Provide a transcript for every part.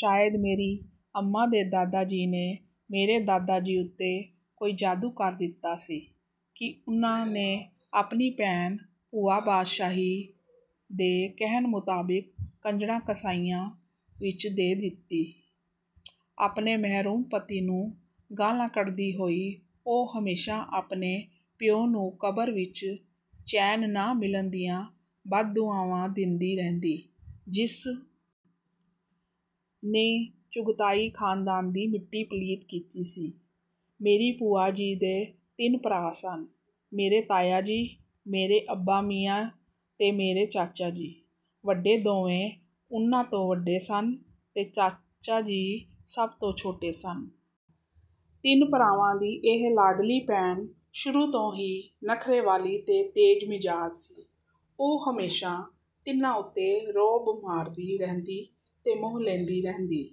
ਸ਼ਾਇਦ ਮੇਰੀ ਅੰਮਾਂ ਦੇ ਦਾਦਾ ਜੀ ਨੇ ਮੇਰੇ ਦਾਦਾ ਜੀ ਉੱਤੇ ਕੋਈ ਜਾਦੂ ਕਰ ਦਿੱਤਾ ਸੀ ਕਿ ਉਨ੍ਹਾਂ ਨੇ ਆਪਣੀ ਭੈਣ, ਭੂਆ ਬਾਦਸ਼ਾਹੀ, ਦੇ ਕਹਿਣ ਮੁਤਾਬਕ ਕੁੰਜੜਾਂ-ਕਸਾਈਆਂ ਵਿੱਚ ਦੇ ਦਿੱਤੀ। ਆਪਣੇ 'ਮਰਹੂਮ' ਪਤੀ ਨੂੰ ਗਾਲ੍ਹਾਂ ਕੱਢਦੀ ਹੋਈ ਉਹ ਹਮੇਸ਼ਾ ਆਪਣੇ ਪਿਓ ਨੂੰ ਕਬਰ ਵਿੱਚ ਚੈਨ ਨਾ ਮਿਲਣ ਦੀਆਂ ਬਦਦੁਆਵਾਂ ਦਿੰਦੀ ਰਹਿੰਦੀ। ਜਿਸ ਨੇ ਚੁਗ਼ਦਾਈ ਖ਼ਾਨਦਾਨ ਦੀ ਮਿੱਟੀ ਪਲੀਤ ਕੀਤੀ ਸੀ। ਮੇਰੀ ਭੂਆ ਜੀ ਦੇ ਤਿੰਨ ਭਰਾ ਸਨ। ਮੇਰੇ ਤਾਇਆ ਜੀ, ਮੇਰੇ ਅੱਬਾ ਮੀਆਂ ਤੇ ਮੇਰੇ ਚਾਚਾ ਜੀ, ਵੱਡੇ ਦੋਵੇਂ ਉਨ੍ਹਾਂ ਤੋਂ ਵੱਡੇ ਸਨ ਤੇ ਚਾਚਾ ਜੀ ਸਭ ਤੋਂ ਛੋਟੇ ਸਨ। ਤਿੰਨ ਭਰਾਵਾਂ ਦੀ ਇਹ ਲਾਡਲੀ ਭੈਣ ਸ਼ੁਰੂ ਤੋਂ ਹੀ ਨਖ਼ਰੇ ਵਾਲੀ ਤੇ ਤੇਜ਼ ਮਿਜ਼ਾਜ਼ ਸੀ। ਉਹ ਹਮੇਸ਼ਾ ਤਿੰਨਾਂ ਉੱਤੇ ਰੋਅਬ ਮਾਰਦੀ ਰਹਿੰਦੀ ਤੇ ਮੋਹ ਲੈਂਦੀ ਰਹਿੰਦੀ।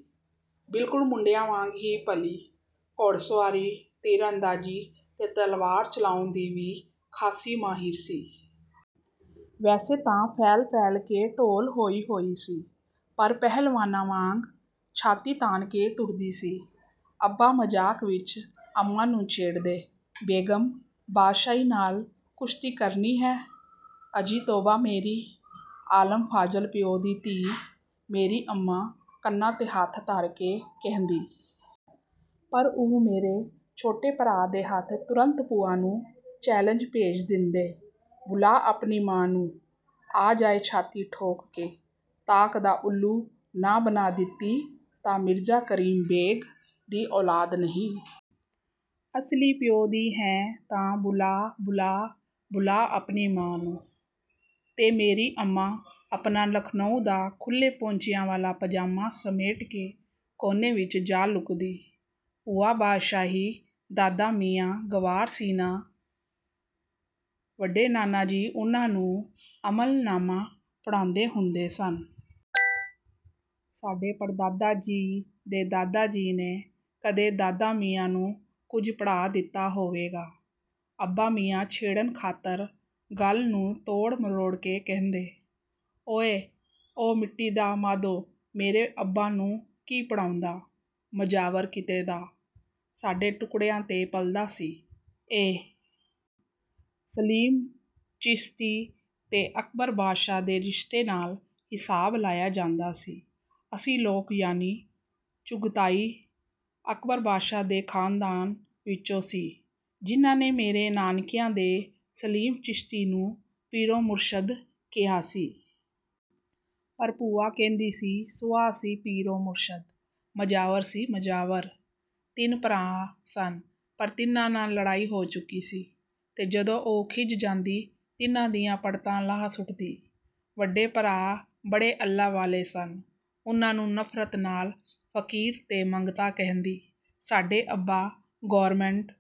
ਬਿਲਕੁਲ ਮੁੰਡਿਆਂ ਵਾਂਗ ਹੀ ਪਲੀ, ਘੋੜਸਵਾਰੀ, ਤੀਰਅੰਦਾਜ਼ੀ ਤੇ ਤਲਵਾਰ ਚਲਾਉਣ ਦੀ ਵੀ ਖਾਸੀ ਮਾਹਿਰ ਸੀ। ਵੈਸੇ ਤਾਂ ਫੈਲ-ਫੈਲ ਕੇ ਢੋਲ ਹੋਈ ਹੋਈ ਸੀ, ਪਰ ਪਹਿਲਵਾਨਾਂ ਵਾਂਗ ਛਾਤੀ ਤਾਣ ਕੇ ਤੁਰਦੀ ਸੀ। ਅੱਬਾ ਮਜ਼ਾਕ ਵਿੱਚ ਅੰਮਾਂ ਨੂੰ ਛੇੜਦੇ, ''ਬੇਗਮ, ਬਾਦਸ਼ਾਹੀ ਨਾਲ ਕੁਸ਼ਤੀ ਕਰਨੀ ਹੈ?" ''ਅਜੀ ਤੌਬਾ ਮੇਰੀ।'' ਆਲਮ-ਫ਼ਾਜ਼ਲ ਪਿਓ ਦੀ ਧੀ, ਮੇਰੀ ਅੰਮਾਂ ਕੰਨਾਂ 'ਤੇ ਹੱਥ ਧਰ ਕੇ ਕਹਿੰਦੀ। ਪਰ ਉਹ ਮੇਰੇ ਛੋਟੇ ਭਰਾ ਦੇ ਹੱਥ ਤੁਰੰਤ ਭੂਆ ਨੂੰ ਚੈਲੇਂਜ ਭੇਜ ਦਿੰਦੇ। ''ਬੁਲਾ ਆਪਣੀ ਮਾਂ ਨੂੰ। ਆ ਜਾਏ ਛਾਤੀ ਠੋਕ ਕੇ। ਤਾਕ ਦਾ ਉੱਲੂ ਨਾ ਬਣਾ ਦਿੱਤੀ ਤਾਂ ਮਿਰਜ਼ਾ ਕਰੀਮ ਬੇਗ ਦੀ ਔਲਾਦ ਨਹੀਂ। ਅਸਲੀ ਪਿਓ ਦੀ ਹੈ ਤਾਂ ਬੁਲਾ-ਬੁਲਾ, ਬੁਲਾ ਆਪਣੀ ਮਾਂ ਨੂੰ'' ਤੇ ਮੇਰੀ ਅੰਮਾਂ ਆਪਣਾ ਲਖ਼ਨਊ ਦਾ ਖੁੱਲ੍ਹੇ ਪੌਂਚਿਆਂ ਵਾਲਾ ਪਾਜਾਮਾ ਸਮੇਟ ਕੇ ਕੋਨੇ ਵਿੱਚ ਜਾ ਲੁਕਦੀ।''ਭੂਆ ਬਾਦਸ਼ਾਹੀ, ਦਾਦਾ ਮੀਆਂ ਗਵਾਰ ਸੀ ਨਾ? ਵੱਡੇ ਨਾਨਾ ਜੀ ਉਨ੍ਹਾਂ ਨੂੰ ਅਮਲਨਾਮਾ ਪੜ੍ਹਾਉਂਦੇ ਹੁੰਦੇ ਸਨ।" ਸਾਡੇ ਪੜਦਾਦਾ ਜੀ ਦੇ ਦਾਦਾ ਜੀ ਨੇ ਕਦੇ ਦਾਦਾ ਮੀਆਂ ਨੂੰ ਕੁਝ ਪੜ੍ਹਾ ਦਿੱਤਾ ਹੋਵੇਗਾ। ਅੱਬਾ ਮੀਆਂ ਛੇੜਨ ਖ਼ਾਤਰ ਗੱਲ ਨੂੰ ਤੋੜ-ਮਰੋੜ ਕੇ ਕਹਿੰਦੇ। ''ਓਏ ਉਹ ਮਿੱਟੀ ਦਾ ਮਾਧੋ ਮੇਰੇ ਅੱਬਾ ਨੂੰ ਕੀ ਪੜ੍ਹਾਉਂਦਾ-ਮਜਾਵਰ ਕਿਤੋਂ ਦਾ, ਸਾਡੇ ਟੁੱਕੜਿਆਂ 'ਤੇ ਪਲਦਾ ਸੀ।"ਇਹ ਸਲੀਮ ਚਿਸ਼ਤੀ ਤੇ ਅਕਬਰ ਬਾਦਸ਼ਾਹ ਦੇ ਰਿਸ਼ਤੇ ਨਾਲ ਹਿਸਾਬ ਲਾਇਆ ਜਾਂਦਾ ਸੀ। ਅਸੀਂ ਲੋਕ ਯਾਨੀ ਚੁਗ਼ਤਾਈ, ਅਕਬਰ ਬਾਦਸ਼ਾਹ ਦੇ ਖ਼ਾਨਦਾਨ ਵਿੱਚੋਂ ਸੀ ਜਿਨ੍ਹਾਂ ਨੇ ਮੇਰੇ ਨਾਨਕਿਆਂ ਦੇ ਸਲੀਮ ਚਿਸ਼ਤੀ ਨੂੰ ਪੀਰੋ-ਮੁਰਸ਼ਦ ਕਿਹਾ ਸੀ। ਪਰ ਭੂਆ ਕਹਿੰਦੀ ਸੀ, ''ਸੁਆਹ ਸੀ ਪੀਰੋ-ਮੁਰਸ਼ਦ - ਮਜਾਵਰ ਸੀ, ਮਜਾਵਰ।"ਤਿੰਨ ਭਰਾ ਸਨ ਪਰ ਤਿੰਨਾਂ ਨਾਲ ਲੜਾਈ ਹੋ ਚੁੱਕੀ ਸੀ। ਤੇ ਜਦੋਂ ਉਹ ਖਿਝ ਜਾਂਦੀ ਤਿੰਨਾਂ ਦੀਆਂ ਪੜਤਾਂ ਲਾਹ ਸੁੱਟਦੀ। ਵੱਡੇ ਭਰਾ ਬੜੇ ਅੱਲ੍ਹਾ ਵਾਲੇ ਸਨ, ਉਨ੍ਹਾਂ ਨੂੰ ਨਫ਼ਰਤ ਨਾਲ ਫ਼ਕੀਰ ਤੇ ਮੰਗਤਾ ਕਹਿੰਦੀ। ਸਾਡੇ ਅੱਬਾ ਗੌਰਮਿੰਟ